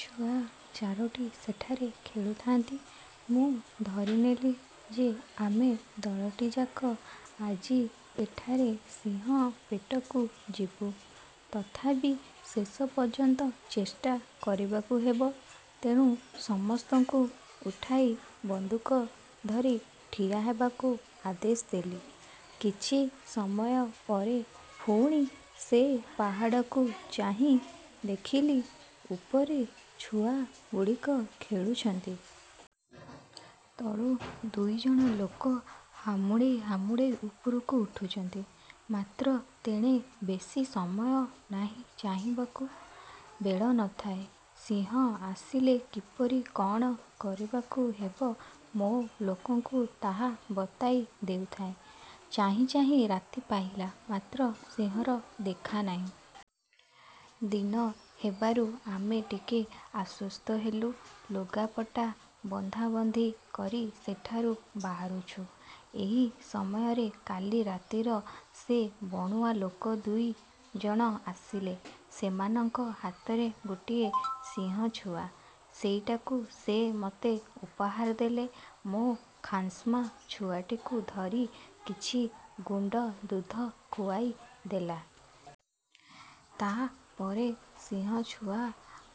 ଛୁଆ ଚାରୋଟି ସେଠାରେ ଖେଳୁଥାଆନ୍ତି। ମୁଁ ଧରିନେଲି ଯେ, ଆମେ ଦଳଟିଯାକ ଆଜି ଏଠାରେ ସିଂହ ପେଟକୁ ଯିବୁ। ତଥାପି ଶେଷ ପର୍ଯ୍ୟନ୍ତ ତ ଚେଷ୍ଟା କରିବାକୁ ହେବ। ତେଣୁ ସମସ୍ତଙ୍କୁ ଉଠାଇ ବନ୍ଧୁକ ଧରି ଠିଆ ହେବାକୁ ଆଦେଶ ଦେଲି। କିଛି ସମୟ ପରେ ପୁଣି ସେ ପାହାଡ଼କୁ ଚାହିଁ ଦେଖିଲି, ଉପରେ ଛୁଆଗୁଡ଼ିକ ଖେଳୁଛନ୍ତି-। ତଳୁ ଦୁଇ ଜଣ ଲୋକ ହାମୁଡ଼େଇ ହାମୁଡ଼େଇ ଉପରକୁ ଉଠୁଛନ୍ତି। ମାତ୍ର ତେଣେ ବେଶୀ ସମୟ ଚାହିଁବାକୁ ବେଳ ନ ଥାଏ। ସିଂହ ଆସିଲେ କିପରି କଅଣ କରିବାକୁ ହେବ, ମୋ ଲୋକଙ୍କୁ ତାହା ବତାଇ ଦେଉଥାଏଁ। ଚାହିଁ ଚାହିଁ ରାତି ପ। ହିଲା; ମାତ୍ର ସିଂହର ଦେଖା ନାହିଁ। ଦିନ ହେବାରୁ ଆମେ ଟିକିଏ ଆଶ୍ୱସ୍ତ ହେଲୁ। ଲୁଗାପଟା ବନ୍ଧାବନ୍ଧି କରି ସେଠାରୁ ବାହାରୁଛୁ, ଏହି ସମୟରେ କ। ଲି ରାତିର ସେ ବଣୁଆ ଲୋକ ଦୁଇ ଜଣ ଆସିଲେ। ସେମାନଙ୍କ ହାତରେ ଗୋଟିଏ ସିଂହଛୁଆ। ସେଇଟିକୁ ସେ ମୋତେ ଉପହାର ଦେଲେ। ମୋ ଖାନ୍ସମା ଛୁଆଟିକୁ ଧରି କିଛି ଗୁଣ୍ଡ ଦୁଧ ଖୁଆଇଦେଲା। ତା'ପରେ ସିଂହଛୁଆ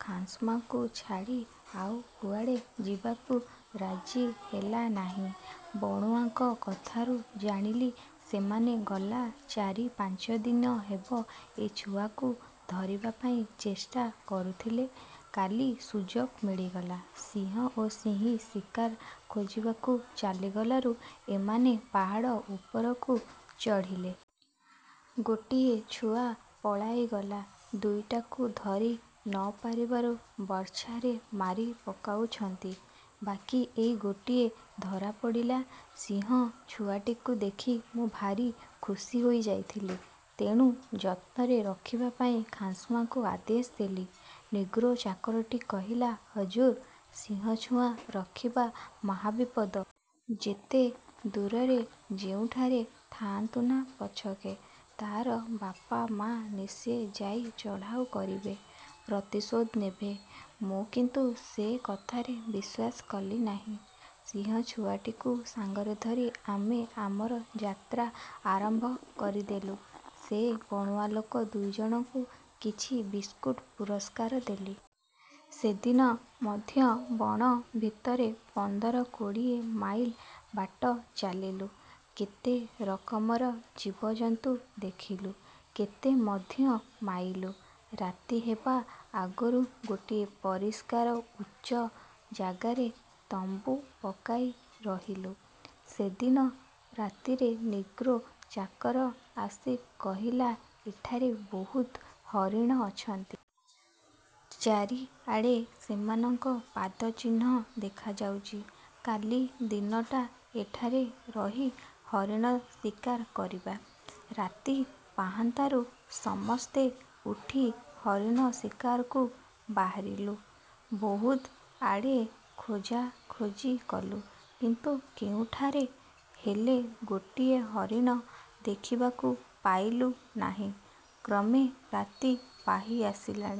ଖାନ୍ସମାକୁ ଛାଡ଼ି ଆଉ କୁଆଡ଼େ ଯିବାକୁ ରାଜି ହେଲା ନାହିଁ। ବଣୁଆଙ୍କ କଥାରୁ ଜାଣିଲି, ସେମାନେ ଗଲା ଚାରି ପାଞ୍ଚ ଦିନ ହେବ ଏ ଛୁଆକୁ ଧରିବା ପାଇଁ ଚେଷ୍ଟା କରୁଥିଲେ। କାଲି ସୁଯୋଗ ମିଳିଗଲା। ସିଂହ ଓ ସିଂହୀ ଶିକାର ଖୋଜିବାକୁ ଚାଲିଗଲାରୁ ଏମାନେ ପାହାଡ଼ ଉପରକୁ ଚଢ଼ିଲେ। ଗୋଟାଏ ଛୁଆ ପଳାଇଗଲା, ଦୁଇଟାକୁ ଧରି ନ ପାରିବାରୁ ବର୍ଚ୍ଛାରେ ମାରି ପକାଇଛନ୍ତି; ବାକି ଏଇ ଗୋଟିଏ ଧରା ପଡ଼ିଲା। ସିଂହଛୁଆଟିକୁ ଦେଖି ମୁଁ ଭାରି ଖୁସି ହୋଇ ଯାଇଥିଲି; ତେଣୁ ଯତ୍ନରେ ରଖିବା ପାଇଁ ଖାନ୍ସମାକୁ ଆଦେଶ ଦେଲି। ନିଗ୍ରୋ ଚାକରଟି କହିଲା, "ହଜୁର, ସିଂହଛୁଆ ରଖିବା ମହାବିପଦ। ଯେତେ ଦୂରରେ ଯେଉଁଠାରେ ଥାଆନ୍ତୁ ପଛକେ, ତା'ର ବାପ ମା' ନିଶ୍ଚୟ ଯାଇ ଚଢ଼ାଉ କରିବେ, ପ୍ରତିଶୋଧ ନେବେ"। ମୁଁ କିନ୍ତୁ ସେ କଥାରେ ବିଶ୍ୱାସ କଲି ନାହିଁ। ସିଂହଛୁଆଟିକୁ ସାଙ୍ଗରେ ଧରି ଆମେ ଆମର ଯାତ୍ରା ଆରମ୍ଭ କରିଦେଲୁ। ସେ ବଣୁଆଲୋକ ଦୁଇଜଣଙ୍କୁ କିଛି ବିସ୍କୁଟ୍ ପୁରସ୍କାର ଦେଲି। ସେଦିନ ମଧ୍ୟ ବଣ ଭିତରେ ପନ୍ଦର କୋଡ଼ିଏ ମାଇଲ ବାଟ ଚାଲିଲୁ। କେତେ ରକମର ଜୀବଜନ୍ତୁ ଦେଖିଲୁ, କେତେ ମଧ୍ୟ ମାଇଲୁ। ରାତି ହେବା ଆଗରୁ ଗୋଟିଏ ପରିଷ୍କାର ଉଚ୍ଚ ଜାଗାରେ ତମ୍ବୁ ପକାଇ ରହିଲୁ। ସେଦିନ ରାତିରେ ନିଗ୍ରୋ ଚାକର ଆସି କହିଲା, ''ଏଠାରେ ବହୁତ ହରିଣ ଅଛନ୍ତି। ଚାରିଆଡ଼େ ସେମାନଙ୍କ ପାଦ ଚିହ୍ନ ଦେଖାଯାଉଛି। କାଲି ଦିନଟା ଏଠାରେ ରହି ହରିଣ ଶିକାର କରିବା। '' ରାତି ପାହାନ୍ତାରୁ ସମସ୍ତେ ଉଠି ହରିଣ ଶିକାରକୁ ବାହାରିଲୁ। ବହୁତଆଡ଼ ଖୋଜାଖୋଜି କଲୁ; କିନ୍ତୁ କେଉଁଠାରେ ହେଲେ ଗୋଟିଏ ହରିଣ ଦେଖିବାକୁ ପାଇଲୁ ନାହିଁ। କ୍ରମେ ରାତି ପାହିଆସିଲା।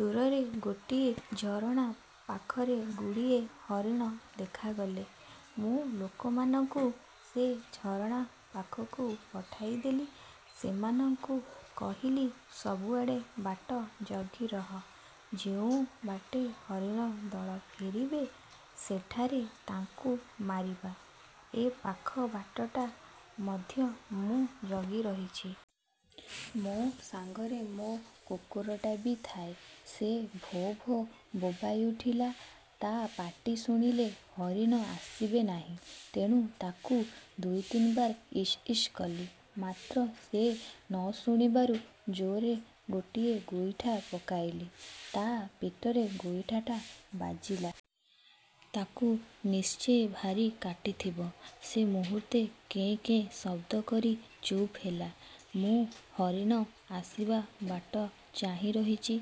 ଦୂରରେ ଗୋଟାଏ ଝରଣା ପାଖରେ ଗୁଡ଼ିଏ ହରିଣ ଦେଖାଗଲେ। ମୁଁ ଲୋକମାନଙ୍କୁ ସେ ଝରଣା ପାଖକୁ ପଠାଇଦେଲି। ସେମାନଙ୍କୁ କହିଲି, ସବୁଆଡ଼ ବାଟ ଜଗି ରହ; ଯେଉଁ ବାଟେ ହରିଣ ଦଳ ଫେରିବେ, ସେଠାରେ ତାଙ୍କୁ ମାରିବା। ଏ ପାଖ ବାଟ ମଧ୍ୟ ମୁଁ ଜଗି ରହିଛି। ମୋ ସାଙ୍ଗରେ ମୋ କୁକୁରଟା ବି ଥାଏ। ସେ ଭୋ ଭୋ ବୋବାଇ ଉଠିଲା।। ତା' ପାଟି ଶୁଣିଲେ ହରିଣ ଆସିବେ ନାହିଁ; ତେଣୁ ତାକୁ ଦୁଇ ତିନିବାର ଇସ୍ଇସ୍ କଲି; ମାତ୍ର ସେ ନ ଶୁଣିବାରୁ ଜୋରରେ ଗୋଟାଏ ଗୋଇଠା ପକାଇଲି। ତା' ପେଟରେ ଗୋଇଠାଟା ବାଜିଲା। ତାକୁ ନିଶ୍ଚୟ ଭାରି କାଟିଥିବ। ସେ ମୁହୂର୍ତ୍ତେ କେଁ କେଁ ଶବ୍ଦକରି ଚୁପ୍ ହେଲା। ମୁଁ ହରିଣ ଆସିବା ବାଟ ଚାହିଁ ରହିଛି;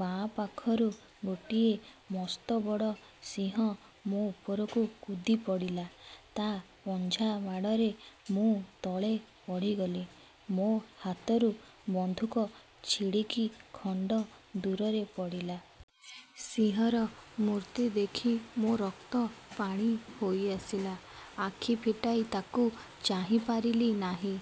ବାଁ ପାଖରୁ ଗୋଟାଏ ମସ୍ତବଡ଼ ସିଂହ ମୋ ଉପରକୁ କୁଦିପଡ଼ିଲା। ତା' ପଞ୍ଝା ମାଡ଼ରେ ମୁଁ ତଳେ ପଡ଼ିଗଲି। ମୋ ହାତରୁ ବନ୍ଧୁକ ଛିଡ଼ିକି ଖଣ୍ଡଦୂରରେ ପଡ଼ିଲା। ସିଂହର ମୂର୍ତ୍ତି ଦେଖି ମୋ ରକ୍ତ ପାଣି ହୋଇଆସିଲା; ଆଖି ଫିଟାଇ ତାକୁ ଚାହିଁପାରିଲି ନାହିଁ।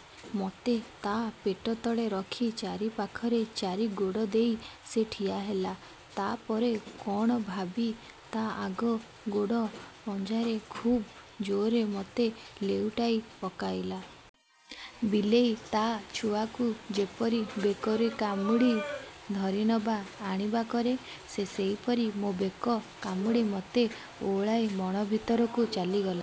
ମୋତେ ତା' ପେଟତଳେ ରଖି ଚାରିପାଖରେ ଚାରି ଗୋଡ଼ ଦେଇ ସେ ଠିଆହେଲା। ତା'ପରେ କଅଣ ଭାବି ତା' ଆଗ ଗୋଡ଼ ପଞ୍ଝାରେ ଖୁବ ଜୋରରେ ମୋତେ ଲେଉଟାଇ ପକାଇଲା-। ବିଲେଇ ତା' ଛୁଆକୁ ଯେପରି ବେକରୁ କାମୁଡ଼ି ଧରି ନବା ଆଣିବା କରେ, ସେ ସେହିପରି ମୋ ବେକ କାମୁଡ଼ି ମୋତେ ଓହଳାଇ ବଣ ଭିତରକୁ ଚାଲିଗଲା।